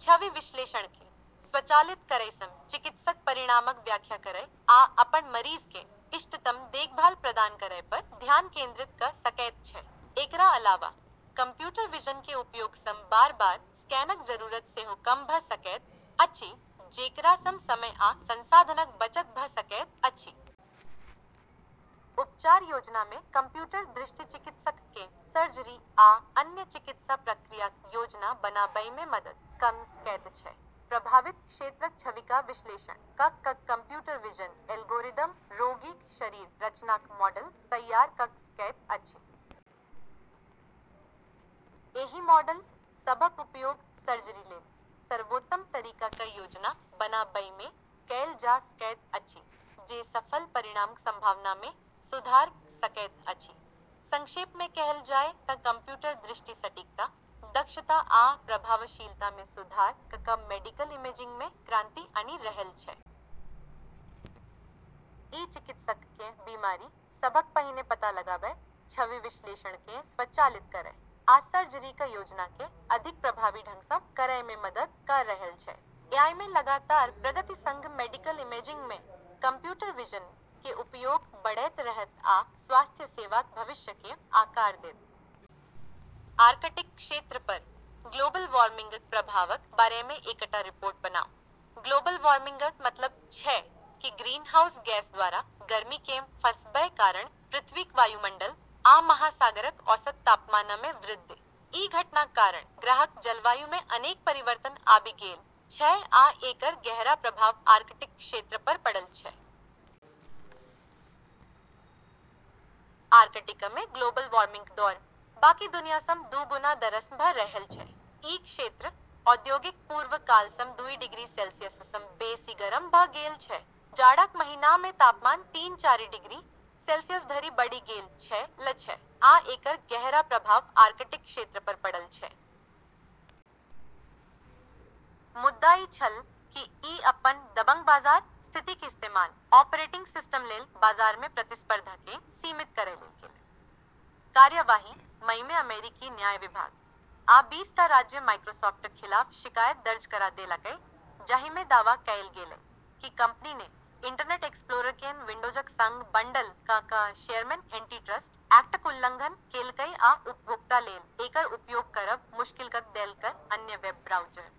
छवि विश्लेषणकेँ स्वचालित करैसँ चिकित्सक परिणामक व्याख्या करै आ अपन मरीजकेँ इष्टतम देखभाल प्रदान करैपर ध्यान केंद्रित कऽ सकैत छै। एकरा अलावा कंप्यूटर विजन के उपयोगसँ बार-बार स्कैनक जरूरत सेहो कम भऽ सकैत अछि, जेकरासँ समय आ संसाधनक बचत भऽ सकैत अछि। उपचार योजनामे कंप्यूटर दृष्टि चिकित्सककेँ सर्जरी आ अन्य चिकित्सा प्रक्रियाक योजना बनाबैमे मदद कऽ सकैत छै। प्रभावित क्षेत्रक छविका विश्लेषण कऽ कऽ कंप्यूटर विजन एल्गोरिदम रोगीक शरीर रचनाक मॉडल तैयार कऽ सकैत अछि। एहि मॉडल सभक उपयोग सर्जरीलेल सर्वोत्तम तरीकाक योजना बनाबैमे कएल जा सकैत अछि, जे सफल परिणामक संभावनामे सुधार कऽ सकैत अछि। संक्षेपमे कहल जाय तँ कंप्यूटर दृष्टि सटीकता, दक्षता आ प्रभावशीलतामे सुधार कऽ कऽ मेडिकल इमेजिंगमे क्रांति आनि रहल छै। ई चिकित्सककेँ बीमारी सभक पहिने पता लगाबै, छवि विश्लेषणकेँ स्वचालित करै, आ सर्जरीक योजनाकेँ अधिक प्रभावी ढंगसँ करैमे मदद कऽ रहल छै। एआईमे लगातार प्रगति संग मेडिकल इमेजिंगमे कंप्यूटर विजन के उपयोग बढ़ैत रहत आ स्वास्थ्य सेवाक भविष्यकेँ आकार देत। आर्कटिक क्षेत्रपर ग्लोबल वार्मिंगक प्रभावक बारेमे एकटा रिपोर्ट बनाउ। ग्लोबल वार्मिंगक मतलब छै कि ग्रीनहाउस गैसद्वारा गर्मीकेँ फँसबै कारण पृथ्वीक वायुमंडल आ महासागरक औसत तापमानमे वृद्धि। ई घटनाक कारण ग्रहक जलवायुमे अनेक परिवर्तन आबि गेल छै आ एकर गहरा प्रभाव आर्कटिक क्षेत्रपर पड़ल छै। आर्कटिकमे ग्लोबल वार्मिंगक दौर बाकी दुनियासँ दू गुना दरसँ भऽ रहल छै। ई क्षेत्र औद्योगिक पूर्व कालसँ दुई डिग्री सेल्सियससँ बेसी गरम भऽ गेल छै, जाड़ाक महीनामे तापमान तीन चारि डिग्री सेल्सियसधरि बढ़ि गेल छै। मुद्दा ई छल कि ई अपन दबंग बाजार स्थितिक इस्तेमाल ऑपरेटिंग सिस्टमलेल बाजारमे प्रतिस्पर्धाकेँ सीमित करैलेल केलक। कार्यवाही मईमे अमेरिकी न्याय विभाग आ बीस टा राज्य माइक्रोसॉफ्टक खिलाफ शिकायत दर्ज करा देलकै, जाहिमे दावा कएल गेलै कि कंपनीने इंटरनेट एक्सप्लोररकेँ विंडोजक संग बंडल कऽ कऽ शेरमेन एंटीट्रस्ट एक्टक उल्लंघन केलकै आ उपभोक्तालेल एकर उपयोग करब मुश्किल कऽ देलकै अन्य वेब ब्राउज़र।